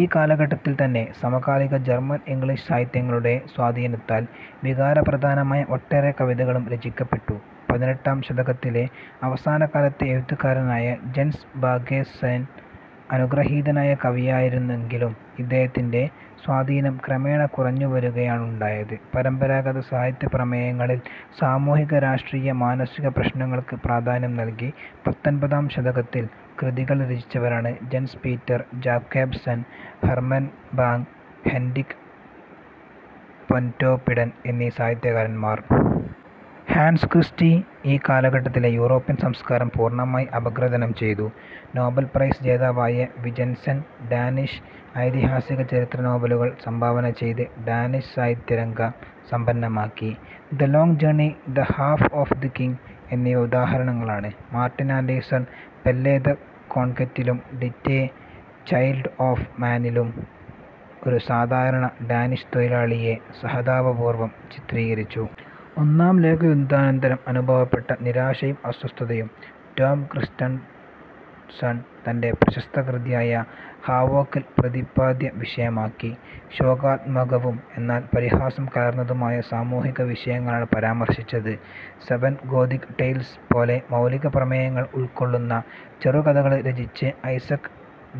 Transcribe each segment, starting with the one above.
ഈ കാലഘട്ടത്തിൽ തന്നെ സമകാലിക ജർമൻ ഇംഗ്ലീഷ് സാഹിത്യങ്ങളുടെ സ്വാധീനത്താൽ വികാരപ്രധാനമായ ഒട്ടേറെ കവിതകളും രചിക്കപ്പെട്ടു. പതിനെട്ടാം ശതകത്തിലെ അവസാനകാലത്തെ എഴുത്തുകാരനായ ജെൻസ് ബാഗ്ഗേസെൻ അനുഗൃഹീതനായ കവിയായിരുന്നെങ്കിലും ഇദ്ദേഹത്തിന്റെ സ്വാധീനം ക്രമേണ കുറഞ്ഞു വരുകയാണുണ്ടായത്. പരമ്പരാഗത സാഹിത്യ പ്രമേയങ്ങളിൽ സാമൂഹിക-രാഷ്ട്രീയ- മാനസിക പ്രശ്നങ്ങൾക്ക് പ്രാധാന്യം നൽകി പത്തൊൻപതാം ശതകത്തിൽ കൃതികൾ രചിച്ചവരാണ് Jens Peter, Jacobsen, Herman Bang, Henrik Pontoppidan എന്നീ സാഹിത്യകാരന്മാർ. ഹാൻസ്ക്രിസ്റ്റി ഈ കാലഘട്ടത്തിലെ യൂറോപ്യൻ സംസ്കാരം പൂർണമായി അപഗ്രഥനം ചെയ്തു. നോബൽ പ്രൈസ് ജേതാവായ വിജെൻസെൻ, ഡാനിഷ് ഐതിഹാസിക ചരിത്ര നോവലുകൾ സംഭാവന ചെയ്ത് ഡാനിഷ് സാഹിത്യ രംഗം സമ്പന്നമാക്കി. The long journey, the fall of the king എന്നിവ ഉദാഹരണങ്ങളാണ്. മാർട്ടിൻ ആൻഡേഴ്സൺ, പെല്ലെ ദ് കോൺകറ്റിലും ഡിറ്റേ, ചൈൽഡ് ഒഫ് മാനിലും ഒരു സാധാരണ ഡാനിഷ് തൊഴിലാളിയെ സഹതാപപൂർവം ചിത്രീകരിച്ചു. ഒന്നാം ലോകയുദ്ധാനന്തരം അനുഭവപ്പെട്ട നിരാശയും അസ്വസ്ഥതയും റ്റോം ക്രസ്റ്റൺസൺ തന്റെ പ്രശസ്ത കൃതിയായ ഹാവോക് ൽ പ്രതിപാദ്യ വിഷയമാക്കി. ശോകാത്മകവും എന്നാൽ പരിഹാസം കലർന്നതുമായ സാമൂഹിക വിഷയങ്ങളാണ് പരാമർശിച്ചത്. സെവൻ ഗോഥിക് ടെയിൽസ് പോലെ മൗലിക പ്രമേയങ്ങൾ ഉൾക്കൊള്ളുന്ന ചെറുകഥകൾ രചിച്ച് ഐസക്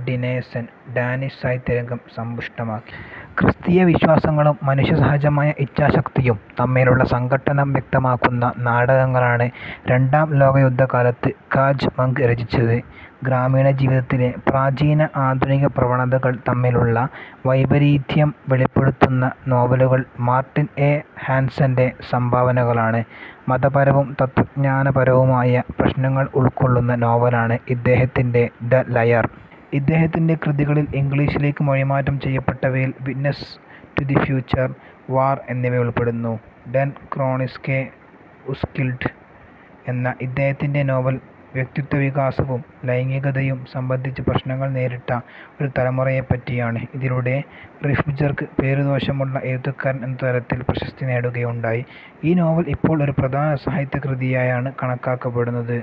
ഡിനേസെൻ ഡാനിഷ് സാഹിത്യരംഗം സമ്പുഷ്ടമാക്കി. ക്രിസ്തീയ വിശ്വാസങ്ങളും മനുഷ്യസഹജമായ ഇച്ഛാശക്തിയും തമ്മിലുള്ള സംഘട്ടനം വ്യക്തമാക്കുന്ന നാടകങ്ങളാണ് രണ്ടാം ലോകയുദ്ധകാലത്ത് കാജ് മങ്ക് രചിച്ചത്. ഗ്രാമീണ ജീവിതത്തിലെ പ്രാചീന-ആധുനിക പ്രവണതകൾ തമ്മിലുള്ള വൈപരീത്യം വെളിപ്പെടുത്തുന്ന നോവലുകൾ മാർട്ടിൻ എ. ഹാൻസെന്റെ സംഭാവനകളാണ്. മതപരവും തത്ത്വജ്ഞാനപരവുമായ പ്രശ്നങ്ങൾ ഉൾക്കൊള്ളുന്ന നോവലാണ് ഇദ്ദേഹത്തിന്റെ ദ ലയർ. ഇദ്ദേഹത്തിന്റെ കൃതികളിൽ ഇംഗ്ലീഷിലേയ്ക്ക് മൊഴിമാറ്റം ചെയ്യപ്പെട്ടവയിൽ witness to the future, war എന്നിവയുൾപ്പെടുന്നു. "ഡെൻ ക്രോണിസ്കേ ഉസ്കിൽഡ്" എന്ന ഇദ്ദേഹത്തിന്റെ നോവൽ വ്യക്തിത്വവികാസവും ലൈംഗികതയും സംബന്ധിച്ച പ്രശ്നങ്ങൾ നേരിട്ട ഒരു തലമുറയെപ്പറ്റിയാണ്. ഇതിലൂടെ റിഫ്ബ്ജെർഗ് 'പേരുദോഷമുള്ള' എഴുത്തുകാരൻ എന്ന തരത്തിൽ പ്രശസ്തി നേടുകയുണ്ടായി. ഈ നോവൽ ഇപ്പോൾ ഒരു പ്രധാന സാഹിത്യകൃതിയായാണ് കണക്കാക്കപ്പെടുന്നത്.